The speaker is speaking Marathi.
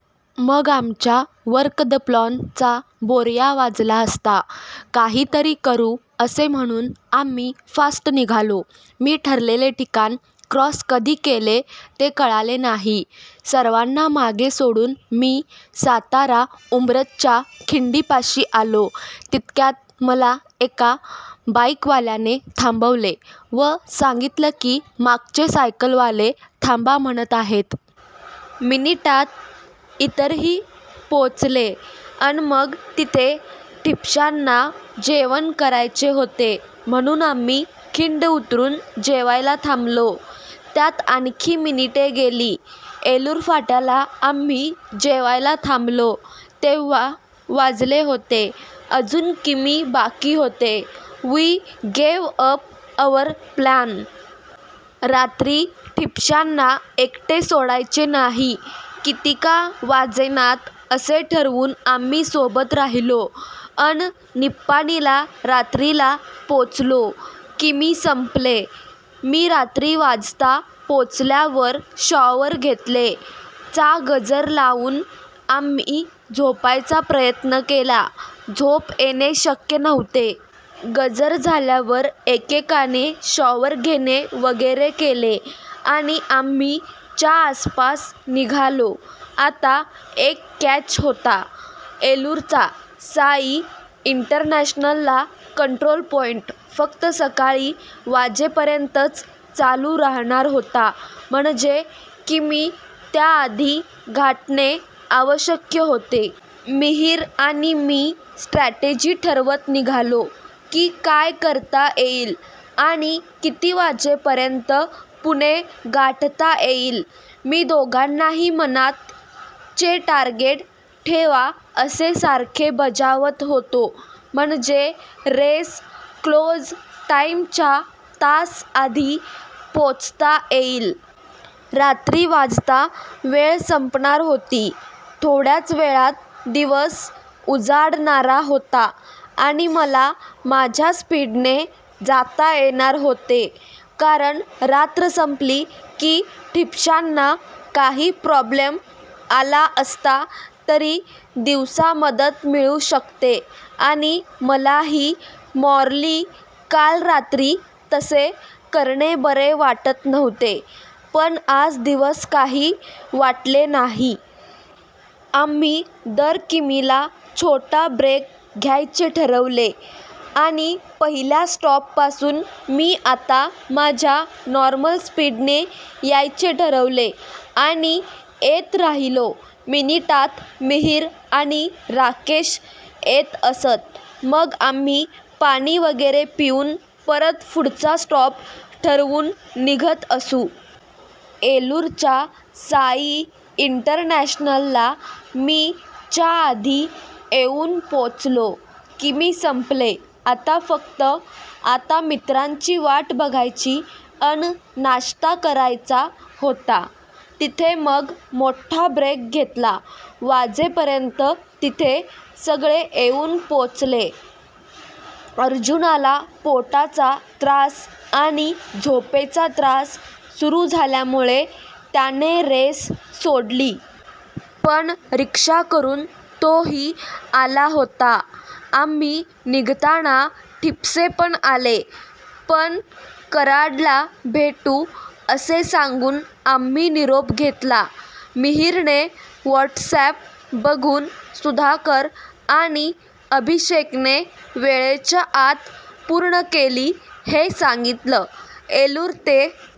मग आमच्या "वर्क द प्लान" चा बोर्या वाजला असता. काही तरी करू असे म्हणून आम्ही फास्ट निघालो. मी ठरलेले ठिकाण क्रॉस कधी केले ते कळाले नाही, सर्वांना मागे सोडून मी सातारा उंब्रजच्या खिंडीपाशी आलो तितक्यात मला एका बाईक वाल्याने थांबवले व सांगीतलं की मागचे सायकलवाले थांबा म्हणत आहेत. मिनिटात इतरही पोचले अन मग तिथे ठिपश्यांना जेवण करायचे होते म्हणून आम्ही खिंड उतरून जेवायला थांबलो. त्यात आणखी मिनिटे गेली. येलूर फाट्याला आम्ही जेवायला थांबलो तेंव्हा वाजले होते. अजून किमी बाकी होते. We gave up our plan! रात्री ठिपश्यांना एकटे सोडायचे नाही, कितीका वाजेनात असे ठरवून आम्ही सोबत राहिलो अन निप्पानीला रात्री ला पोचलो. किमी संपले!! मी रात्री वाजता पोचल्यावर शॉवर घेतले. चा गजर लावून आम्ही झोपायचा प्रयत्न केला. झोप येणे शक्य नव्हते. गजर झाल्यावर एकेकाने शॉवर घेणे वगैरे केले आणि आम्ही च्या आसपास निघालो. आता एक कॅच होता. येलूरचा साई इंटरनॅशनला कंट्रोल पॉईंट फक्त सकाळी वाजेपर्यंतच चालू राहणार होता. म्हणजे किमी त्या आधी गाठणे आवश्यक होते. मिहिर आणि मी स्ट्रॅटजी ठरवत निघालो की काय करता येईल आणि किती वाजेपर्यंत पुणे गाठता येईल. मी दोघांनाही मनात चे टारगेट ठेवा असे सारखे बजावत होतो. म्हणजे रेस क्लोज टाईमच्या तास आधी पोचता येईल. रात्री वाजता वेळ संपणार होती. थोड्याच वेळात दिवस उजाडणारा होता. आणि मला माझ्या स्पीडने जाता येणार होते. कारण रात्र संपली की ठिपश्यांना काही प्रॉब्लेम आला असता तरी दिवसा मदत मिळू शकते आणि मलाही मॉरली काल रात्री तसे करणे बरे वाटत नव्हते, पण आज दिवस काही वाटले नाही. आम्ही दर किमीला छोटा ब्रेक घ्यायचे ठरवले. आणि पहिल्या स्टॉप पासून मी आता माझ्या नॉर्मल स्पीडने यायचे ठरविले आणि येत राहिलो. मिनिटात मिहिर आणि राकेश येत असत. मग आम्ही पाणी वगैरे पिऊन परत पुढचा स्टॉप ठरवून निघत असू. येलूरच्या साई इंटरनॅशनलला मी च्या आधी येऊन पोचलो. किमी संपले. आता फक्त! आता मित्रांची वाट बघायची अन नाश्ता करायचा होता. तिथे मग मोठ्ठा ब्रेक घेतला वाजे पर्यंत तिथे सगळे येऊन पोचले. अर्जुनाला पोटाचा त्रास आणि झोपेचा त्रास सुरू झाल्यामुळे त्याने रेस सोडली. पण रिक्षा करून तो ही आला होता. आम्ही निघताना ठिपसे पण आले. पण कराड्ला भेटू असे सांगून आम्ही निरोप घेतला. मिहिरने वॉटसअॅप बघून सुधाकर आणि अभिषेकने वेळेच्या आत पूर्ण केली हे सांगीतलं! येलूर ते